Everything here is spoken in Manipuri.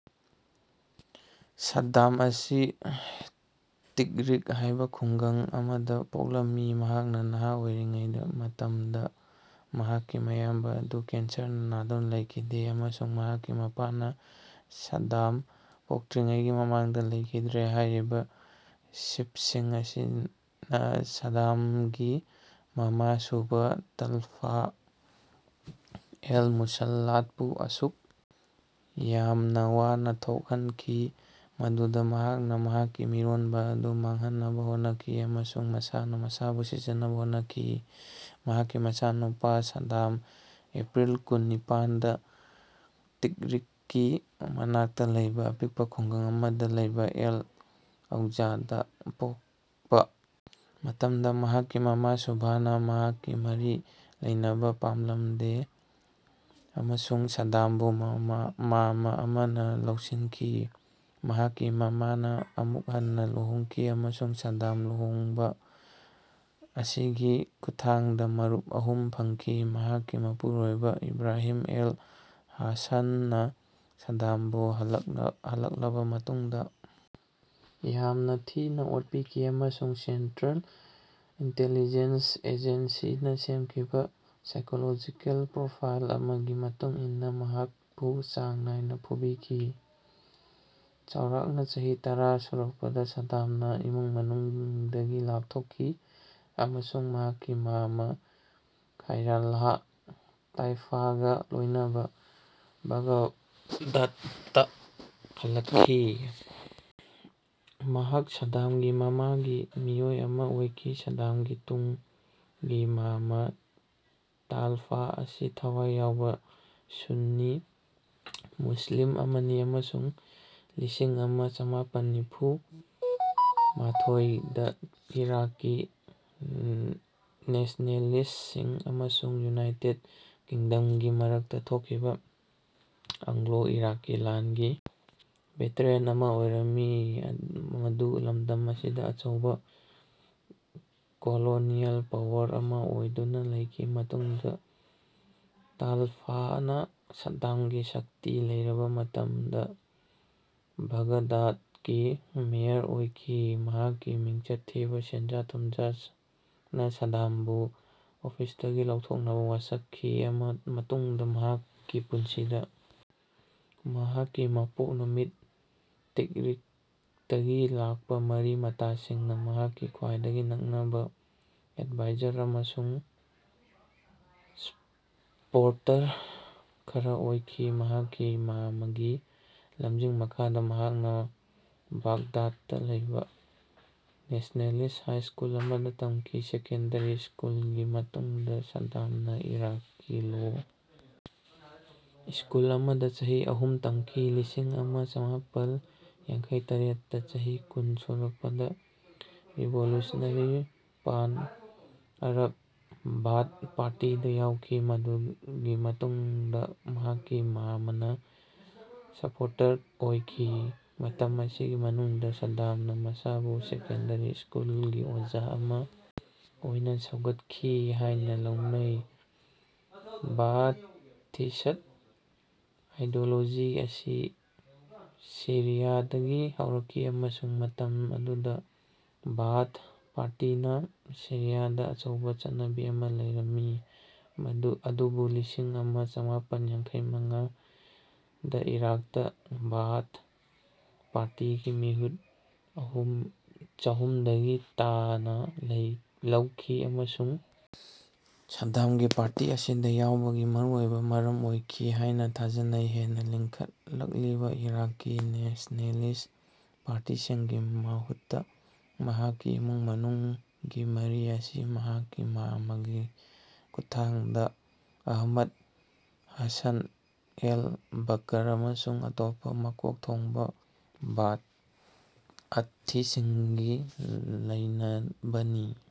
ꯁꯥꯗꯗꯥꯝ ꯑꯁꯤ ꯇꯤꯛꯔꯤꯛ ꯍꯥꯏꯕ ꯈꯨꯡꯒꯪ ꯑꯃꯗ ꯄꯣꯛꯂꯝꯃꯤ꯫ ꯃꯍꯥꯛꯅ ꯅꯍꯥ ꯑꯣꯏꯔꯤꯉꯩ ꯃꯇꯝꯗ ꯃꯍꯥꯛꯀꯤ ꯃꯌꯥꯝꯕ ꯑꯗꯨ ꯀꯦꯟꯁꯔꯅ ꯅꯥꯗꯨꯅ ꯂꯩꯈꯤꯗ꯭ꯔꯦ ꯑꯃꯁꯨꯡ ꯃꯍꯥꯛꯀꯤ ꯃꯄꯥꯥꯅ ꯁꯥꯗꯗꯥꯝ ꯄꯣꯛꯇ꯭ꯔꯤꯉꯩꯒꯤ ꯃꯃꯥꯡꯗ ꯂꯩꯈꯤꯗ꯭ꯔꯦ꯫ ꯍꯥꯏꯔꯤꯕ ꯁꯤꯕꯁꯤꯡ ꯑꯁꯤꯅ ꯁꯥꯗꯗꯥꯝꯒꯤ ꯃꯃꯥ ꯁꯨꯚꯥ ꯇꯜꯐꯥꯍ ꯑꯜ-ꯃꯨꯁꯜꯂꯥꯠꯄꯨ ꯑꯁꯨꯛ ꯌꯥꯝꯅ ꯋꯥꯅ ꯊꯣꯛꯍꯟꯈꯤ ꯃꯗꯨꯗꯒꯤ ꯃꯍꯥꯛꯅ ꯃꯍꯥꯛꯀꯤ ꯃꯤꯔꯣꯟꯕ ꯑꯗꯨ ꯃꯥꯡꯍꯟꯅꯕ ꯍꯣꯠꯅꯈꯤ ꯑꯃꯁꯨꯡ ꯃꯁꯥꯅ ꯃꯁꯥꯕꯨ ꯁꯤꯖꯅꯕ ꯍꯣꯠꯅꯈꯤ꯫ ꯃꯍꯥꯛꯀꯤ ꯃꯆꯥꯅꯨꯄ ꯁꯥꯗꯗꯥꯝꯅ ꯑꯦꯄ꯭ꯔꯤꯜ ꯀꯨꯟ - ꯅꯤꯄꯥꯟꯗ ꯇꯤꯛꯔꯤꯠꯀꯤ ꯃꯅꯥꯛꯇ ꯂꯩꯕ ꯑꯄꯤꯛꯄ ꯈꯨꯡꯒꯪ ꯑꯃꯗ ꯂꯩꯕ ꯑꯜ - ꯑꯧꯖꯥꯗ ꯄꯣꯛꯄ ꯃꯇꯝꯗ ꯃꯍꯥꯛꯀꯤ ꯃꯃꯥ ꯁꯨꯚꯥꯅ ꯃꯍꯥꯛꯀ ꯃꯔꯤ ꯂꯩꯅꯕ ꯄꯝꯂꯝꯗꯦ ꯑꯃꯁꯨꯡ ꯁꯥꯗꯗꯥꯝꯕꯨ ꯃꯥꯝꯃ ꯑꯃꯅ ꯂꯧꯁꯤꯟꯈꯤ꯫ ꯃꯍꯥꯛꯀꯤ ꯃꯃꯥꯅ ꯑꯃꯨꯛ ꯍꯟꯅ ꯂꯨꯍꯣꯡꯈꯤ ꯑꯃꯁꯨꯡ ꯁꯥꯗꯗꯥꯝꯅ ꯂꯨꯍꯣꯡꯕ ꯑꯁꯤꯒꯤ ꯈꯨꯠꯊꯥꯡꯗ ꯃꯔꯨꯞ ꯑꯍꯨꯝ ꯐꯪꯈꯤ꯫ ꯃꯍꯥꯛꯀꯤ ꯃꯄꯨꯔꯣꯏꯕ ꯏꯕ꯭ꯔꯥꯍꯤꯝ ꯑꯜ-ꯍꯥꯁꯥꯟꯅ ꯁꯥꯗꯗꯥꯝꯕꯨ ꯍꯜꯂꯛꯂꯕ ꯃꯇꯨꯡꯗ ꯌꯥꯝꯅ ꯊꯤꯅ ꯑꯣꯠꯄꯤꯈꯤ ꯑꯃꯁꯨꯡ ꯁꯦꯟꯇ꯭ꯔꯦꯜ ꯏꯟꯇꯦꯜꯂꯤꯖꯦꯟꯁ ꯑꯖꯦꯟꯁꯤꯅ ꯁꯦꯝꯈꯤꯕ ꯁꯥꯏꯀꯣꯂꯣꯖꯤꯀꯦꯜ ꯄ꯭ꯔꯣꯐꯥꯏꯜ ꯑꯃꯒꯤ ꯃꯇꯨꯡ ꯏꯟꯅ ꯃꯍꯥꯛꯄꯨ ꯆꯥꯡ ꯅꯥꯏꯅ ꯐꯨꯕꯤꯈꯤ꯫ ꯆꯥꯎꯔꯥꯛꯅ ꯆꯍꯤ ꯇꯔꯥ ꯁꯨꯔꯛꯄꯗ ꯁꯥꯗꯗꯥꯝꯅ ꯏꯃꯨꯡ ꯃꯅꯨꯡꯗꯒꯤ ꯂꯥꯞꯊꯣꯛꯈꯤ ꯑꯃꯁꯨꯡ ꯃꯍꯥꯛꯀꯤ ꯃꯥꯝꯃ ꯈꯥꯏꯔꯥꯜꯂꯥꯍ ꯇꯥꯜꯐꯥꯍꯒ ꯂꯣꯏꯅꯅ ꯕꯥꯒꯗꯥꯗꯇ ꯍꯜꯂꯛꯈꯤ꯫ ꯃꯍꯥꯛ ꯁꯥꯗꯗꯥꯝꯒꯤ ꯃꯃꯥꯒꯤ ꯃꯤꯑꯣꯏ ꯑꯃ ꯑꯣꯏꯈꯤ꯫ ꯁꯥꯗꯗꯥꯝꯒꯤ ꯇꯨꯡꯒꯤ ꯃꯥꯝꯃ ꯇꯥꯂꯐꯥꯍ ꯑꯁꯤ ꯊꯋꯥꯏ ꯌꯥꯎꯕ ꯁꯨꯟꯅꯤ ꯃꯨꯁ꯭ꯂꯤꯝ ꯑꯃꯅꯤ ꯑꯃꯁꯨꯡ ꯂꯤꯁꯤꯡ ꯑꯃ ꯆꯃꯥꯄꯟ ꯅꯤꯐꯨ - ꯃꯥꯊꯣꯏꯗ ꯏꯔꯥꯛꯀꯤ ꯅꯦꯁ꯭ꯅꯦꯂꯤꯁ꯭ꯇꯁꯤꯡ ꯑꯃꯁꯨꯡ ꯌꯨꯅꯥꯏꯇꯦꯗ ꯀꯤꯡꯗꯝꯒꯤ ꯃꯔꯛꯇ ꯊꯣꯛꯈꯤꯕ ꯑꯪꯒ꯭ꯂꯣ ꯏꯔꯥꯛꯀꯤ ꯂꯥꯟꯒꯤ ꯚꯦꯇꯔꯥꯟ ꯑꯃ ꯑꯣꯏꯔꯝꯃꯤ꯫ ꯃꯗꯨ ꯂꯝꯗꯝ ꯑꯁꯤꯗ ꯑꯆꯧꯕ ꯀꯣꯂꯣꯅꯤꯑꯦꯜ ꯄꯥꯋꯔ ꯑꯃ ꯑꯣꯏꯗꯨꯅ ꯂꯩꯈꯤ꯫ ꯃꯇꯨꯡꯗ ꯇꯥꯂꯐꯥꯍꯅ ꯁꯥꯗꯗꯥꯝꯒꯤ ꯁꯛꯇꯤ ꯂꯩꯔꯕ ꯃꯇꯝꯗ ꯕꯥꯒꯗꯥꯗꯀꯤ ꯃꯦꯌꯔ ꯑꯣꯏꯈꯤ꯫ ꯃꯍꯥꯛꯀꯤ ꯃꯤꯡꯆꯠ ꯊꯤꯕ ꯁꯦꯟꯖꯥ ꯊꯨꯝꯖꯥꯅ ꯁꯥꯗꯗꯥꯝꯕꯨ ꯑꯣꯐꯤꯁꯇꯒꯤ ꯂꯧꯊꯣꯛꯅꯕ ꯋꯥꯁꯛꯈꯤ꯫ ꯇꯨꯡꯗ ꯃꯍꯥꯛꯀꯤ ꯄꯨꯟꯁꯤꯗ ꯃꯍꯥꯛꯀꯤ ꯃꯄꯣꯛ ꯅꯨꯃꯤꯠ ꯇꯤꯛꯔꯤꯠꯇꯒꯤ ꯂꯥꯛꯄ ꯃꯔꯤ ꯃꯇꯥꯁꯤꯡꯅ ꯃꯍꯥꯛꯀꯤ ꯈ꯭ꯋꯥꯏꯗꯒꯤ ꯅꯛꯅꯕ ꯑꯦꯗꯚꯥꯏꯖꯔ ꯑꯃꯁꯨꯡ ꯁꯄꯣꯔꯇꯔ ꯈꯔ ꯑꯣꯏꯈꯤ꯫ ꯃꯍꯥꯛꯀꯤ ꯃꯥꯝꯃꯒꯤ ꯂꯝꯖꯤꯡ ꯃꯈꯥꯗ ꯃꯍꯥꯛꯅ ꯕꯥꯒꯗꯥꯗꯇ ꯂꯩꯕ ꯅꯦꯁ꯭ꯅꯦꯂꯤꯁ꯭ꯠ ꯍꯥꯏ ꯁ꯭ꯀꯨꯜ ꯑꯃꯗ ꯇꯝꯈꯤ꯫ ꯁꯦꯀꯦꯟꯗꯔꯤ ꯁ꯭ꯀꯨꯂꯒꯤ ꯃꯇꯨꯡꯗ ꯁꯥꯗꯗꯥꯝꯅ ꯏꯔꯥꯛꯀꯤ ꯂꯣ ꯁ꯭ꯀꯨꯜ ꯑꯃꯗ ꯆꯍꯤ ꯑꯍꯨꯝ ꯇꯝꯈꯤ꯫ ꯂꯤꯁꯤꯡ ꯑꯃ ꯆꯃꯥꯄꯜ ꯌꯥꯡꯈꯩꯇꯇꯦꯠꯇ ꯆꯍꯤ ꯀꯨꯟ ꯁꯨꯔꯛꯄꯗ ꯔꯤꯚꯣꯂꯨꯁꯅꯔꯤ ꯄꯥꯟ ꯑꯔꯕ ꯕꯥꯊ ꯄꯥꯔꯇꯤꯗ ꯌꯥꯎꯈꯤ꯫ ꯃꯗꯨꯒꯤ ꯃꯇꯨꯡꯗ ꯃꯍꯥꯛꯀꯤ ꯃꯥꯝꯃꯅ ꯁꯄꯣꯔꯇꯔ ꯑꯣꯏꯈꯤ꯫ ꯃꯇꯝ ꯑꯁꯤꯒꯤ ꯃꯅꯨꯡꯗ ꯁꯥꯗꯗꯥꯝꯅ ꯃꯁꯥꯕꯨ ꯁꯦꯀꯦꯟꯗꯔꯤ ꯁ꯭ꯀꯨꯜꯒꯤ ꯑꯣꯖꯥ ꯑꯃ ꯑꯣꯏꯅ ꯁꯧꯒꯠꯈꯤ ꯍꯥꯏꯅ ꯂꯧꯅꯩ꯫ ꯕꯥꯑꯥꯊꯤꯁ꯭ꯠ ꯑꯥꯏꯗꯤꯑꯣꯂꯣꯖꯤ ꯑꯁꯤ ꯁꯤꯔꯤꯌꯥꯗꯒꯤ ꯍꯧꯔꯛꯈꯤ ꯑꯃꯁꯨꯡ ꯃꯇꯝ ꯑꯗꯨꯗ ꯕꯥꯑꯥꯊ ꯄꯥꯔꯇꯤꯅ ꯁꯤꯔꯤꯌꯥꯗ ꯑꯆꯧꯕ ꯆꯠꯅꯕꯤ ꯑꯃ ꯂꯩꯔꯝꯃꯤ, ꯑꯗꯨꯕꯨ ꯂꯤꯁꯤꯡ ꯑꯃ ꯆꯃꯥꯄꯟ ꯌꯥꯡꯈꯩ ꯃꯉꯥꯗ ꯏꯔꯥꯛꯇ ꯕꯥꯑꯥꯊ ꯄꯥꯔꯇꯤꯒꯤ ꯃꯤꯍꯨꯠ ꯆꯍꯨꯝꯗꯒꯤ ꯇꯥꯅ ꯂꯩꯈꯤ ꯑꯃꯁꯨꯡ ꯁꯥꯗꯗꯥꯝꯒꯤ ꯄꯥꯔꯇꯤ ꯑꯁꯤꯗ ꯌꯥꯎꯕꯒꯤ ꯃꯔꯨꯑꯣꯏꯕ ꯃꯔꯝ ꯑꯣꯏꯈꯤ ꯍꯥꯏꯅ ꯊꯥꯖꯅꯩ꯫ ꯍꯦꯟꯅ ꯂꯤꯡꯈꯠꯂꯛꯂꯤꯕ ꯏꯔꯥꯛꯀꯤ ꯅꯦꯁ꯭ꯅꯦꯂꯤꯁ꯭ꯠ ꯄꯥꯔꯇꯤꯁꯤꯡꯒꯤ ꯃꯍꯨꯠꯇ ꯃꯍꯥꯛꯀꯤ ꯏꯃꯨꯡ ꯃꯅꯨꯡꯒꯤ ꯃꯔꯤ ꯑꯁꯤ ꯃꯍꯥꯛꯀꯤ ꯃꯥꯝꯃꯒꯤ ꯈꯨꯠꯊꯥꯡꯗ ꯑꯍꯃꯗ ꯍꯥꯁꯥꯟ ꯑꯜ-ꯕꯀꯔ ꯑꯃꯁꯨꯡ ꯑꯇꯣꯞꯄ ꯃꯀꯣꯛ ꯊꯣꯡꯕ ꯕꯥꯑꯊꯤꯁꯤꯡꯒ ꯂꯩꯅꯕꯅꯤ꯫